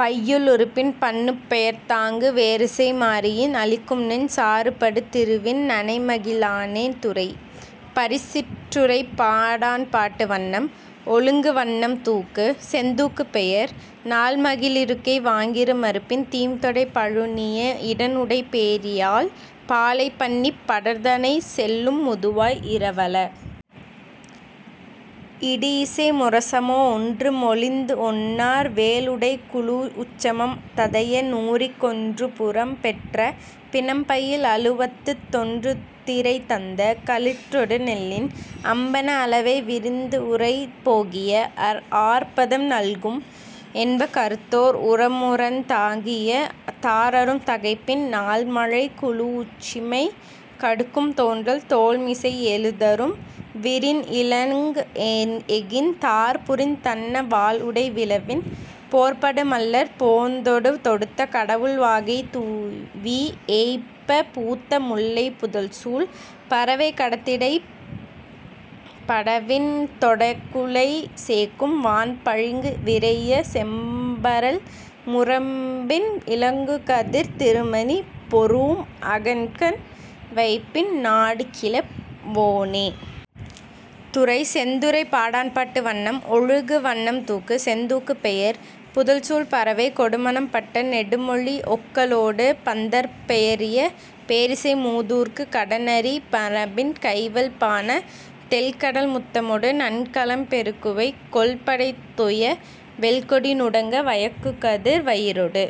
பையுள் உறுப்பின் பண்ணுப் பெயர்த்தாங்குச் வேறுசெய் மாரியின் அளிக்கும்நின் சாறுபடு திருவின் நனைமகி ழானே. துறை: பரிசிற்றுறைப் பாடாண்பாட்டு வண்ணம்: ஒழுகு வண்ணம் தூக்கு: செந்தூக்கு பெயர்: நாள்மகிழிருக்கை வாங்கிரு மருப்பின் தீம்தொடை பழுனிய இடன்உடைப் பேரியாழ் பாலை பண்ணிப் படர்ந்தனை செல்லும் முதுவாய் இரவல இடிஇசை முரசமொ ஒன்றுமொழிந் ஒன்னார் வேல்உடைக் குழூஉச்சமம் ததைய நூறிக் கொன்றுபுறம் பெற்ற பிணம்பயில் அழுவத்துத் தொன்றுதிறை தந்த களிற்றொடு நெல்லின் அம்பண அளவை விரிந்உறை போகிய ஆர்பதம் நல்கும் என்ப கறுத்தோர் உறுமுரண் தாங்கிய தார்அரும் தகைப்பின் நாள்மழைக் குழூஉச்சிமை கடுக்கும் தோன்றல் தோல்மிசைத் எழுதரும் விரிந்இலங் எஃகின் தார்புரிந் தன்ன வாள்உடை விழவின் போர்படு மள்ளர் போந்தொடு தொடுத்த கடவுள் வாகைத் துய்வீ ஏய்ப்பப் பூத்த முல்லைப் புதல்சூழ் பறவை கடத்திடைப் பிடவின் தொடைக்குலைச் சேக்கும் வான்பளிங்கு விரைஇய செம்பரல் முரம்பின் இலங்குகதிர்த் திருமணி பெறூஉம் அகன்கண் வைப்பின் நாடுகிழ வோனே. துறை: செந்துறைப் பாடாண்பாட்டு வண்ணம்: ஒழுகு வண்ணம் தூக்கு: செந்தூக்கு பெயர்: புதல்சூழ் பறவை கொடுமணம் பட்ட நெடுமொழி ஒக்கலொடு பந்தர்ப் பெயரிய பேரிசை மூதூர்க் கடன்அறி மரபின் கைவல் பாண தெள்கடல் முத்தமொடு நன்கலம் பெறுகுவை கொல்படை தொய வெல்கொடி நுடங்க வயங்குகதிர் வயிரொடு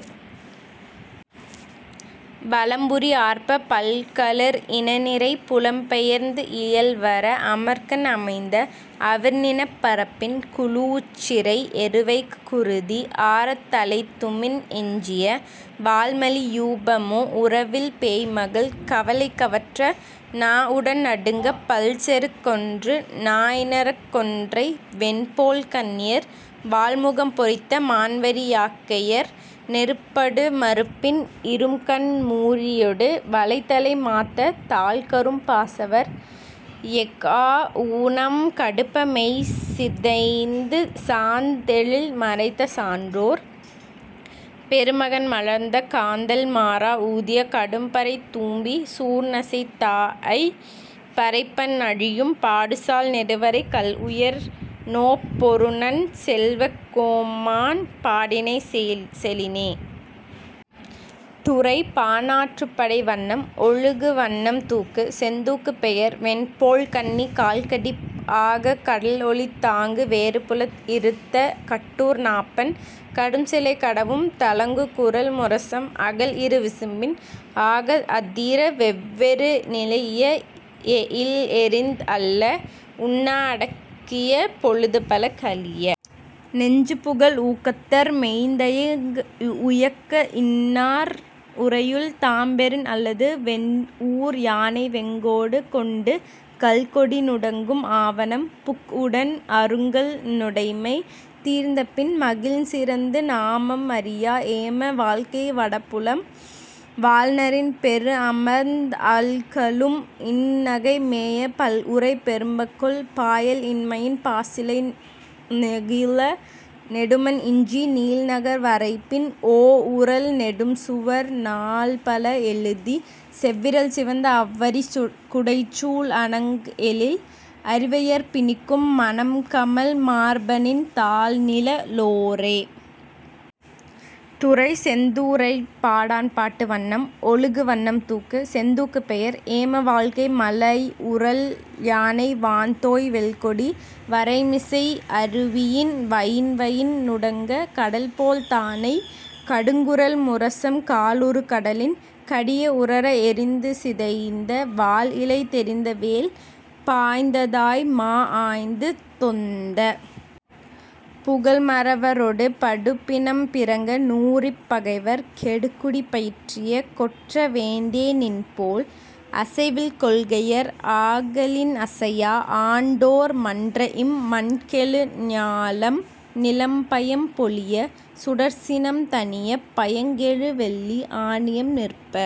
வலம்புரி ஆர்ப்பப் பல்களிற் இனநிரை புலம்பெயர்ந் இயல்வர அமர்க்கண் அமைந்த அவிர்நிணப் பரப்பின் குழூஉச்சிறை எருவை குருதி ஆரத் தலைதுமிந் எஞ்சிய வாள்மலி யூபமொ உருவில் பேய்மகள் கவலை கவற்ற நாஉடன் நடுங்கப் பல்செருக் கொன்று நாஇணர்க் கொன்றை வெண்போழ்க் கண்ணியர் வாள்முகம் பொறித்த மாண்வரி யாக்கையர் நெறிபடு மருப்பின் இரும்கண் மூரியொடு வளைதலை மாத்த தாழ்கரும் பாசவர் எஃஆ ஊனம் கடுப்பமெய் சிதைந்து சாந்எழில் மறைத்த சன்றோர் பெருமகன் மலர்ந்த காந்தள் மாறா ஊதிய கடும்பறைத் தும்பி சூர்நசைத் தாஅய்ப் பறைபண் அழியும் பாடுசால் நெடுவரைக் கல்உயர் நோப் பொருநன் செல்வக் கோமான் பாடினை செலினே. துறை: பாணாற்றுப்படை வண்ணம்: ஒழுகு வண்ணம் தூக்கு: செந்தூக்கு பெயர்: வெண்போழ்க்கண்ணி கால்கடிப் ஆகக் கடல்ஒலித் தாங்கு வேறுபுலத் இறுத்த கட்டூர் நாப்பண் கடும்சிலை கடவும் தழங்குகுரல் முரசம் அகல்இரு விசும்பின் ஆகத் அதிர வெவ்வரி நிலைஇய எயில்எறிந் அல்ல உண்ணா அடுக்கிய பொழுதுபல கழிய நெஞ்சுபுகல் ஊக்கத்தர் மெய்தயங் உயக்கத் இன்னார் உறையுள் தாம்பெறின் அல்லது வேந்ஊர் யானை வெண்கோடு கொண்டு கள்கொடி நுடங்கும் ஆவணம் புக்உடன் அருங்கள் நொடைமை தீர்ந்தபின் மகிழ்சிறந்து நாமம் அறியா ஏம வாழ்க்கை வடபுலம் வாழ்நரின் பெரிஅமர்ந் அல்கலும் இன்நகை மேய பல்உறை பெறுபகொல் பாயல் இன்மையின் பாசிழை ஞெகிழ நெடுமண் இஞ்சி நீள்நகர் வரைப்பின் ஓஉறழ் நெடும்சுவர் நாள்பல எழுதிச் செவ்விரல் சிவந்த அவ்வரிக் குடைச்சூல் அணங்எழில் அரிவையர்ப் பிணிக்கும் மணம்கமழ் மார்பநின் தாள்நிழ லோரே. துறை: செந்துறைப்பாடாண்பாட்டு வண்ணம்: ஒழுகு வண்ணம் தூக்கு: செந்தூக்கு பெயர்: ஏமவாழ்க்கை மலைஉறழ் யானை வான்தோய் வெல்கொடி வரைமிசை அருவியின் வயின்வயின் நுடங்கக் கடல்போல் தானைக் கடுங்குரல் முரசம் கால்உறு கடலின் கடிய உரற எறிந்துசிதைந்த வாள் இலை தெரிந்த வேல் பாய்ந்ஆய்ந்த மா ஆய்ந்துதொந்த புகல்மறவரொடு படுபிணம் பிறங்க நூறிப் பகைவர் கெடுகுடி பயிற்றிய கொற்ற வேந்தே நின்போல், அசைவில் கொள்கையர் ஆகலின் அசையா ஆண்டோ ர் மன்றஇம் மண்கெழு ஞாலம் நிலம்பயம் பொழியச் சுடர்சினம் தணியப் பயங்கெழு வெள்ளி ஆநியம் நிற்ப